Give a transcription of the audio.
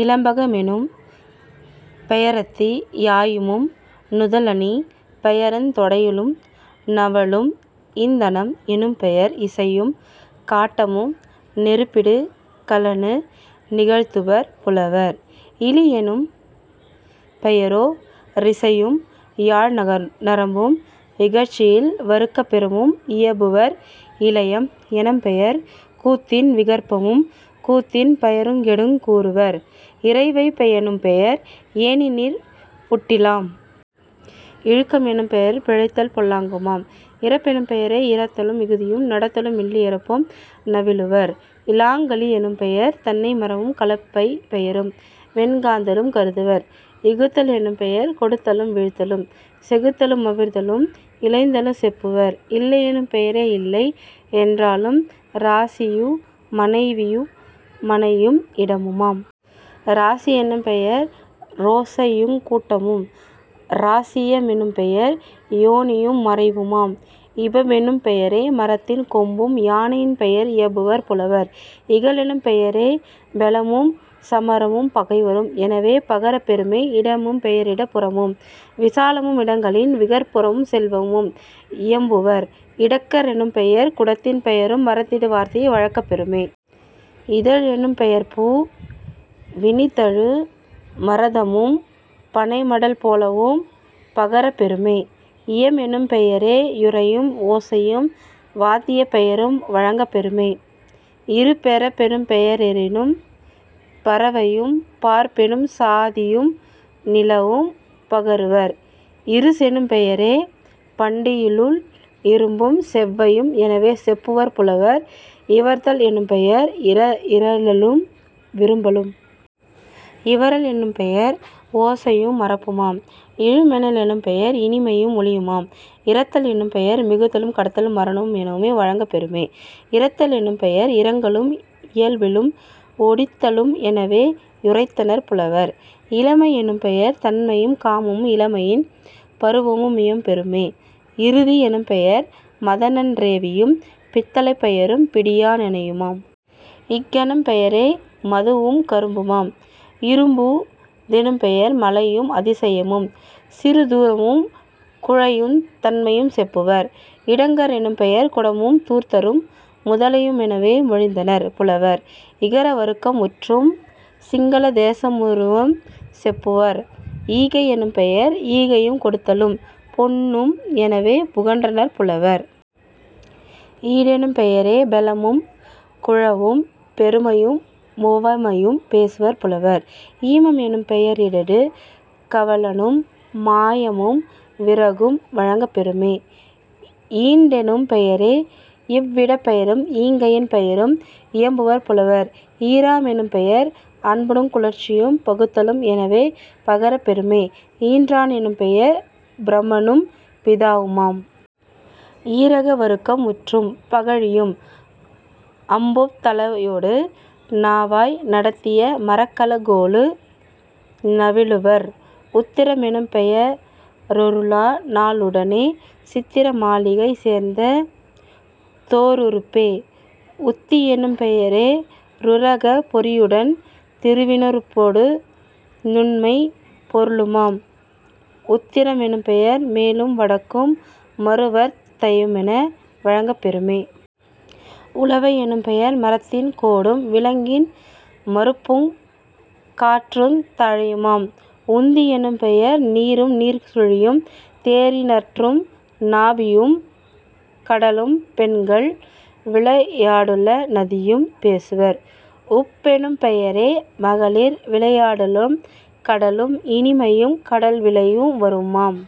இலம்பக மெனும்பெய ரத்தி யாயமும் நுதலணிப் பெயருந் தொடையலு நுவலும்..... இந்தனம் எனும்பெயர் இசையும் காட்டமும் நெருப்பிடு கலனு நிகழ்த்துவர் புலவர்..... இளியெனும் பெயரோ ரிசையும் யாழ்நரம்பும் இகழ்ச்சியில் வருக்கப் பெயரும் இயம்புவர்..... இலையம் எனும்பெயர் கூத்தின் விகற்பமும் கூத்தின் பெயருங் கேடுங் கூறுவர்..... இறைவை யெனும்பெயர் ஏணிநீர்ப் புட்டிலாம்..... இழுக்கம் எனும்பெயர் பிழைத்தல் பொல்லாங்குமாம்..... இறப்பெனும் பெயரே யிறத்தலும் மிகுதியும் நடத்தலு மில்லி றப்பும் நவிலுவர்..... இலாங்கலி யெனும்பெயர் தென்ன மரமும் கலப்பைப் பெயரும் வெண்காந்தளும் கருதுவர்..... இகுத்தல் எனும்பெயர் கொடுத்தலும் வீழ்த்தலும் செகுத்தலு மவிர்தலும் இளைத்தலும் செப்புவர்..... இல்லெனும் பெயரே யில்லை யென்றலும் இராசியு மனைவியு மனையும் இடமுமாம்..... இராசி யெனும்பெய ரோசையுங் கூட்டமும்..... இராசிய மெனும்பெயர் யோனியும் மறைவுமாம்..... இபமெனும் பெயரே மரத்தின் கொம்பும்। யானையின் பெயரும் இயம்புவர் புலவர்..... இகலெனும் பெயரே பெலமும் சமரமும் பகையும் எனவே பகரப் பெறுமே..... இடமெனும் பெயரிடப் புறமும் விசாலமும் இடங்களின் விகற்பமும் செல்வமும் இயம்புவர்..... இடக்க ரெனும்பெயர் குடத்தின் பெயரும் மறைத்திடு வார்த்தையும் வழங்கப் பெறுமே..... இதழெனும் பெயர்பூ வினிதழு மதரமும் பனைமடல் போலவும் பகரப் பெறுமே..... இயமெனும் பெயரே யுரையும் ஓசையும் வாத்தியப் பெயரும் வழங்கப் பெறுமே..... இருபிறப் பெனும்பெய ரெயிறும் பறவையும் பார்ப்பெனும் சாதியும் நிலவும் பகருவர்..... இருசெனும் பெயரே பண்டியுள் இரும்பும் செவ்வையும் எனவே செப்புவர் புலவர்..... இவர்தல் எனும்பெயர் ஏறலும் விரும்பலும்..... இவறல் எனும்பெயர் ஓசையு மறப்புமாம்..... இழுமென லெனும்பெயர் இனிமையும் ஒலியுமாம்..... இறத்தல் எனும்பெயர் மிகுத்தலும் கடத்தலும் மரணமும் எனவே வழங்கப் பெறுமே..... இறுத்த லெனும்பெயர் தங்கலும் இயம்பலும் ஒடித்தலும் எனவே யுரைத்தனர் புலவர்..... இளமை யெனும்பெயர் தண்மையும் காமமும் இளமையின் பருவமு மியம்பப் பெறுமே..... இரதி யெனும்பெயர் மதனன் றேவியும் பித்தளைப் பெயரும் பிடியா னையுமாம்..... இக்கெனும் பெயரே மதுவும் கரும்புமாம்..... இறும்பூ தெனும்பெயர் மலையும் அதிசயமும் சிறுதூறும் குழையுந் தகைமையும் செப்புவர்..... இடங்க ரெனும்பெயர் குடமும் தூர்த்தரும் முதலையு மெனவே மொழிந்தனர் புலவர்..... இகர வருக்கம் முற்றும். சிங்கள தேசமு நறவுஞ் செப்புவர்..... ஈகை யெனும்பெயர் ஈங்கையும் கொடுத்தலும் பொன்னும் எனவே புகன்றனர் புலவர்..... ஈடெனும் பெயரே பெலமும் குழைவும் பெருமையு முவமையும் பேசுவர் புலவர்..... ஈமம் எனும்பெய ரெரியிடு கலனும் மயானமும் விறகும் வழங்கப் பெறுமே..... ஈண்டெனும் பெயரே யிவ்விடப் பெயரும் ஈங்கையின் பெயரும் இயம்புவர் புலவர்..... ஈர மெனும்பெயர் அன்புங் குளிர்ச்சியும் பகுத்தலும் எனவே பகரப் பெறுமே..... ஈன்றா னெனும்பெயர் பிரமனும் பிதாவுமாம்..... ஈகார வருக்கம் முற்றும். பகழியும் அம்புத் தலையொடு நாவாய் நடத்திய மரக்கலக் கோலு நவிலுவர்..... உத்திர மெனும்பெய ரொருநா ளுடனே சித்திர மாளிகை சேர்ந்த தோருறுப்பே..... உத்தி யெனும் பெய ருரகப் பொறியுடன் திருவினு றுப்பொடு நுண்மைப் பொருளுமாம்..... உத்திர மெனும்பெயர் மேலும் வடக்கும் மறுவார்த் தையுமென வழங்கப்பெறுமே..... உலவை யெனும்பெயர் மரத்தின் கோடும் விலங்கின் மருப்புங் காற்றுந் தழையுமாம்..... உந்தி யெனும்பெயர் நீரும்நீர்ச் சுழியும் தேரின் றட்டும் நாபியும் கடலும் பெண்கள் விளையாடலு நதியும் பேசுவர்..... உப்பெனும் பெயரே மகளிர் விளையாடலும் கடலும் இனிமையும் கடல்விளையு வருமாம்...